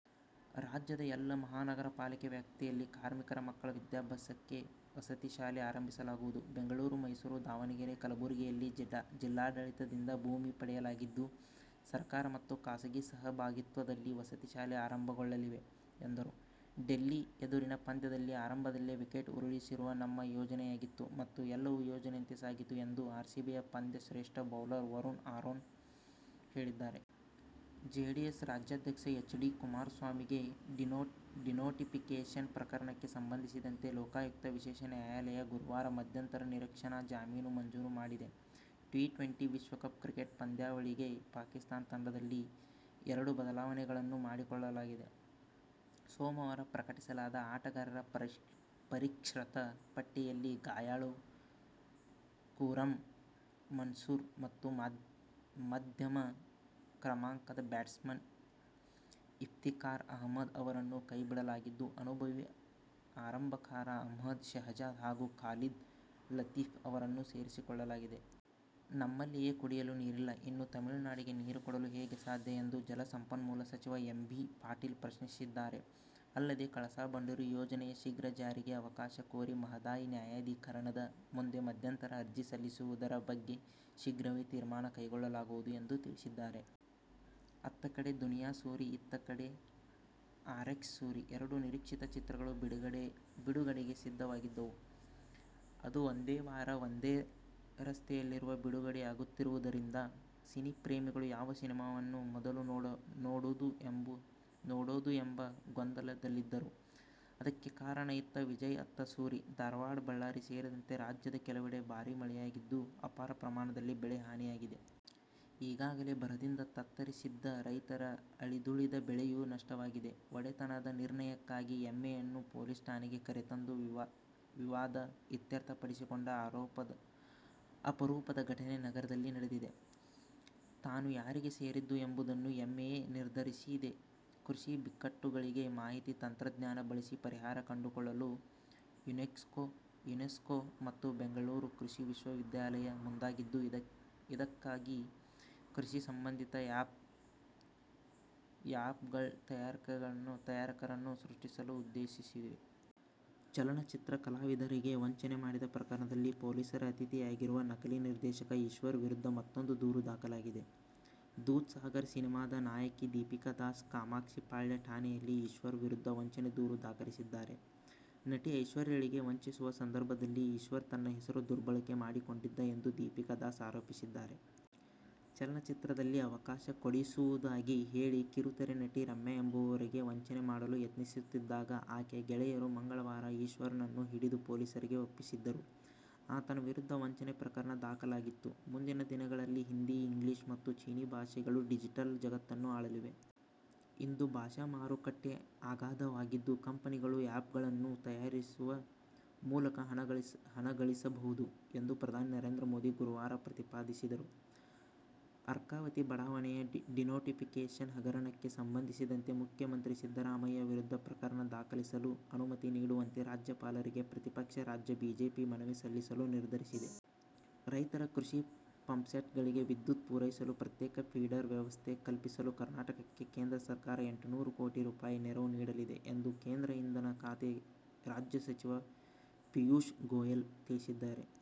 ರಾಜ್ಯದ ಎಲ್ಲ ಮಹಾನಗರ ಪಾಲಿಕೆ ವ್ಯಾಪ್ತಿಯಲ್ಲಿ ಕಾರ್ಮಿಕರ ಮಕ್ಕಳ ವಿದ್ಯಾಭ್ಯಾಸಕ್ಕೆ ವಸತಿ ಶಾಲೆ ಆರಂಭಿಸಲಾಗುವುದು. ಬೆಂಗಳೂರು, ಮೈಸೂರು, ದಾವಣಗೆರೆ, ಕಲಬುರಗಿಯಲ್ಲಿ ಜಿಲ್ಲಾಡಳಿತದಿಂದ ಭೂಮಿ ಪಡೆಯಲಾಗಿದ್ದು, ಸರ್ಕಾರ ಮತ್ತು ಖಾಸಗಿ ಸಹಭಾಗಿತ್ವದಲ್ಲಿ ವಸತಿ ಶಾಲೆ ಆರಂಭಗೊಳ್ಳಲಿವೆ ಎಂದರು. ಡೆಲ್ಲಿ ಎದುರಿನ ಪಂದ್ಯದಲ್ಲಿ ಆರಂಭದಲ್ಲೇ ವಿಕೆಟ್ ಉರುಳಿಸುವುದು ನಮ್ಮ ಯೋಜನೆಯಾಗಿತ್ತು, ಮತ್ತು ಎಲ್ಲವೂ ಯೋಜನೆಯಂತೆ ಸಾಗಿತು ಎಂದು ಆರ್ಸಿಬಿಯ ಪಂದ್ಯಶ್ರೇಷ್ಠ ಬೌಲರ್ ವರುಣ್ ಆರೋನ್ ಹೇಳಿದ್ದಾರೆ. ಜೆಡಿಎಸ್ ರಾಜ್ಯಾಧ್ಯಕ್ಷ ಎಚ್. ಡಿ. ಕುಮಾರಸ್ವಾಮಿಗೆ ಡಿನೋಟಿಫಿಕೇಶನ್ ಪ್ರಕರಣಕ್ಕೆ ಸಂಬಂಧಿಸಿದಂತೆ ಲೋಕಾಯುಕ್ತ ವಿಶೇಷ ನ್ಯಾಯಾಲಯ ಗುರುವಾರ ಮಧ್ಯಂತರ ನಿರೀಕ್ಷಣಾ ಜಾಮೀನು ಮಂಜೂರು ಮಾಡಿದೆ. ಟಿ-ಟ್ವೆಂಟಿ ವಿಶ್ವಕಪ್ ಕ್ರಿಕೆಟ್ ಪಂದ್ಯಾವಳಿಗೆ ಪಾಕಿಸ್ತಾನ ತಂಡದಲ್ಲಿ ಎರಡುಬದಲಾವಣೆಗಳನ್ನು ಮಾಡಿಕೊಳ್ಳಲಾಗಿದೆ. ಸೋಮವಾರ ಪ್ರಕಟಿಸಲಾದ ಆಟಗಾರರ ಪರಿಷ್ಕೃತ ಪಟ್ಟಿಯಲ್ಲಿ ಗಾಯಾಳು ಖುರ್ರಂ ಮನ್ಸೂರ್ ಮತ್ತು ಮಧ್ಯಮ ಕ್ರಮಾಂಕದ ಬ್ಯಾಟ್ಸ್ಮನ್ ಇಫ್ತಿಕಾರ್ ಅಹ್ಮದ್ ಅವರನ್ನು ಕೈಬಿಡಲಾಗಿದ್ದು, ಅನುಭವಿ ಆರಂಭಕಾರ ಅಹ್ಮದ್ ಶೆಹಜಾದ್ ಹಾಗೂ ಖಾಲಿದ್ ಲತೀಫ್ ಅವರನ್ನು ಸೇರಿಸಿಕೊಳ್ಳಲಾಗಿದೆ. ನಮ್ಮಲ್ಲಿಯೇ ಕುಡಿಯಲು ನೀರಿಲ್ಲ. ಇನ್ನು ತಮಿಳುನಾಡಿಗೆ ನೀರು ಕೊಡಲು ಹೇಗೆ ಸಾಧ್ಯ ಎಂದು ಜಲ ಸಂಪನ್ಮೂಲ ಸಚಿವ ಎಂ. ಬಿ. ಪಾಟೀಲ್ ಪ್ರಶ್ನಿಸಿದ್ದಾರೆ. ಅಲ್ಲದೆ, ಕಳಸಾ ಬಂಡೂರಿ ಯೋಜನೆಯ ಶೀಘ್ರ ಜಾರಿಗೆ ಅವಕಾಶ ಕೋರಿ ಮಹದಾಯಿ ನ್ಯಾಯಾಧಿಕರಣದ ಮುಂದೆ ಮಧ್ಯಂತರ ಅರ್ಜಿ ಸಲ್ಲಿಸುವು ದರ ಬಗ್ಗೆ ಶೀಘ್ರವೇ ತೀರ್ಮಾನ ಕೈಗೊಳ್ಳಲಾಗುವುದು ಎಂದು ತಿಳಿಸಿದ್ದಾರೆ. ಅತ್ತ ಕಡೆ ದುನಿಯಾ ಸೂರಿ, ಇತ್ತ ಕಡೆ ಆರ್ಎಕ್ಸ್ ಸೂರಿ ಎರಡೂ ನಿರೀಕ್ಷಿತ ಚಿತ್ರಗಳು ಬಿಡುಗಡೆಗೆ ಸಿದ್ಧವಾಗಿದ್ದವು. ಅದು ಒಂದೇ ವಾರ, ಒಂದೇ ರಸ್ತೆಯಲ್ಲಿರುವ ಬಿಡುಗಡೆಯಾಗುತ್ತಿರುವುದರಿಂದ ಸಿನಿಪ್ರೇಮಿಗಳು ಯಾವ ಸಿನಿಮಾವನ್ನು ಮೊದಲು ನೋಡೋದು ಎಂಬ ಗೊಂದಲದಲ್ಲಿದ್ದರು. ಅದಕ್ಕೆ ಕಾರಣ ಇತ್ತ ವಿಜಯ್ ಅತ್ತ ಸೂರಿ. ಧಾರವಾಡ, ಬಳ್ಳಾರಿ ಸೇರಿದಂತೆ ರಾಜ್ಯದ ಕೆಲವೆಡೆ ಭಾರಿ ಮಳೆಯಾಗಿದ್ದು, ಅಪಾರ ಪ್ರಮಾಣದಲ್ಲಿ ಬೆಳೆ ಹಾನಿಯಾಗಿದೆ. ಈಗಾಗಲೇ ಬರದಿಂದ ತತ್ತರಿಸಿದ್ದ ರೈತರ ಅಳಿದುಳಿದ ಬೆಳೆಯೂ ನಷ್ಟವಾಗಿದೆ. ಒಡೆತನದ ನಿರ್ಣಯಕ್ಕಾಗಿ ಎಮ್ಮೆಯನ್ನು ಪೊಲೀಸ್ ಠಾಣೆಗೆ ಕರೆತಂದು ವಿವಾದ ಇತ್ಯರ್ಥಪಡಿಸಿಕೊಂಡ ಅಪರೂಪದ ಘಟನೆ ನಗರದಲ್ಲಿ ನಡೆದಿದೆ. ತಾನು ಯಾರಿಗೆ ಸೇರಿದ್ದು ಎಂಬುದನ್ನು ಎಮ್ಮೆಯೇ ನಿರ್ಧರಿಸಿದೆ ಕೃಷಿ ಬಿಕ್ಕಟ್ಟುಗಳಿಗೆ ಮಾಹಿತಿ ತಂತ್ರಜ್ಞಾನ ಬಳಸಿ ಪರಿಹಾರ ಕಂಡುಕೊಳ್ಳಲು ಯುನೆಸ್ಕೊ ಮತ್ತು ಬೆಂಗಳೂರು ಕೃಷಿ ವಿಶ್ವವಿದ್ಯಾಲಯ ಮುಂದಾಗಿದ್ದು, ಇದಕ್ಕಾಗಿ ಕೃಷಿ ಸಂಬಂಧಿತ ಆ್ಯಪ್ಗ್ಳ ತಯಾರಕರನ್ನು ಸೃಷ್ಟಿಸಲು ಉದ್ದೇಶಿಸಿವೆ. ಚಲನಚಿತ್ರ ಕಲಾವಿದರಿಗೆ ವಂಚನೆ ಮಾಡಿದ ಪ್ರಕರಣದಲ್ಲಿ ಪೊಲೀಸರ ಅತಿಥಿಯಾಗಿರುವ ನಕಲಿ ನಿರ್ದೇಶಕ ಈಶ್ವರ್ ವಿರುದ್ಧ ಮತ್ತೂಂದು ದೂರು ದಾಖಲಾಗಿದೆ. ದೂದ್ ಸಾಗರ್ ಸಿನಿಮಾದ ನಾಯಕಿ ದೀಪಿಕಾ ದಾಸ್ ಕಾಮಾಕ್ಷಿಪಾಳ್ಯ ಠಾಣೆಯಲ್ಲಿ ಈಶ್ವರ್ ವಿರುದ್ಧ ವಂಚನೆ ದೂರು ದಾಖಲಿಸಿದ್ದಾರೆ. ನಟಿ ಐಶ್ವರ್ಯಳಿಗೆ ವಂಚಿಸುವ ಸಂದರ್ಭದಲ್ಲಿ ಈಶ್ವರ್ ತನ್ನ ಹೆಸರು ದುರ್ಬಳಕೆ ಮಾಡಿಕೊಂಡಿದ್ದ ಎಂದು ದೀಪಿಕಾ ದಾಸ್ ಆರೋಪಿಸಿದ್ದಾರೆ. ಚಲನಚಿತ್ರದಲ್ಲಿ ಅವಕಾಶ ಕೊಡಿಸುವುದಾಗಿ ಹೇಳಿ ಕಿರುತೆರೆ ನಟಿ ರಮ್ಯಾ ಎಂಬುವರಿಗೆ ವಂಚನೆ ಮಾಡಲು ಯತ್ನಿಸುತ್ತಿದ್ದಾಗ ಆಕೆಯ ಗೆಳೆಯರು ಮಂಗಳವಾರ ಈಶ್ವರ್ನನ್ನು ಹಿಡಿದು ಪೊಲೀಸರಿಗೆ ಒಪ್ಪಿಸಿದ್ದರು. ಆತನ ವಿರುದ್ಧ ವಂಚನೆ ಪ್ರಕರಣ ದಾಖಲಾಗಿತ್ತು. ಮುಂದಿನ ದಿನಗಳಲ್ಲಿ ಹಿಂದಿ, ಇಂಗ್ಲಿಷ್ ಮತ್ತು ಚೀನೀ ಭಾಷೆಗಳು ಡಿಜಿಟಲ್ ಜಗತ್ತನ್ನು ಆಳಲಿವೆ. ಇಂದು ಭಾಷಾ ಮಾರುಕಟ್ಟೆ ಅಗಾಧವಾಗಿದ್ದು, ಕಂಪನಿಗಳು ಆ್ಯಪ್ಗ್ಳನ್ನು ತಯಾರಿಸುವ ಮೂಲಕ ಹಣಗಳಿಸಬಹುದು ಎಂದು ಪ್ರಧಾನಿ ನರೇಂದ್ರ ಮೋದಿ ಗುರುವಾರ ಪ್ರತಿಪಾದಿದರು. ಅರ್ಕಾವತಿ ಬಡಾವಣೆಯ ಡಿನೋಟಿಫಿಕೇಶನ್ ಹಗರಣಕ್ಕೆ ಸಂಬಂಧಿಸಿದಂತೆ ಮುಖ್ಯಮಂತ್ರಿ ಸಿದ್ದರಾಮಯ್ಯ ವಿರುದ್ಧ ಪ್ರಕರಣ ದಾಖಲಿಸಲು ಅನುಮತಿ ನೀಡುವಂತೆ ರಾಜ್ಯಪಾಲರಿಗೆ ಪ್ರತಿಪಕ್ಷ ರಾಜ್ಯ ಬಿಜೆಪಿ ಮನವಿ ಸಲ್ಲಿಸಲು ನಿರ್ಧರಿಸಿದೆ. ರೈತರ ಕೃಷಿ ಪಂಪ್ಸೆಟ್ಗಳಿಗೆ ವಿದ್ಯುತ್ ಪೂರೈಸಲು ಪ್ರತ್ಯೇಕ ಫೀಡರ್ ವ್ಯವಸ್ಥೆ ಕಲ್ಪಿಸಲು ಕರ್ನಾಟಕಕ್ಕೆ ಕೇಂದ್ರ ಸರ್ಕಾರ ಎಂಟುನೂರು ಕೋಟಿ ರೂಪಾಯಿ ನೆರವು ನೀಡಲಿದೆ ಎಂದು ಕೇಂದ್ರ ಇಂಧನ ಖಾತೆ ರಾಜ್ಯ ಸಚಿವ ಪೀಯೂಶ್ ಗೋಯೆಲ್ ತಿಳಿಸಿದ್ದಾರೆ.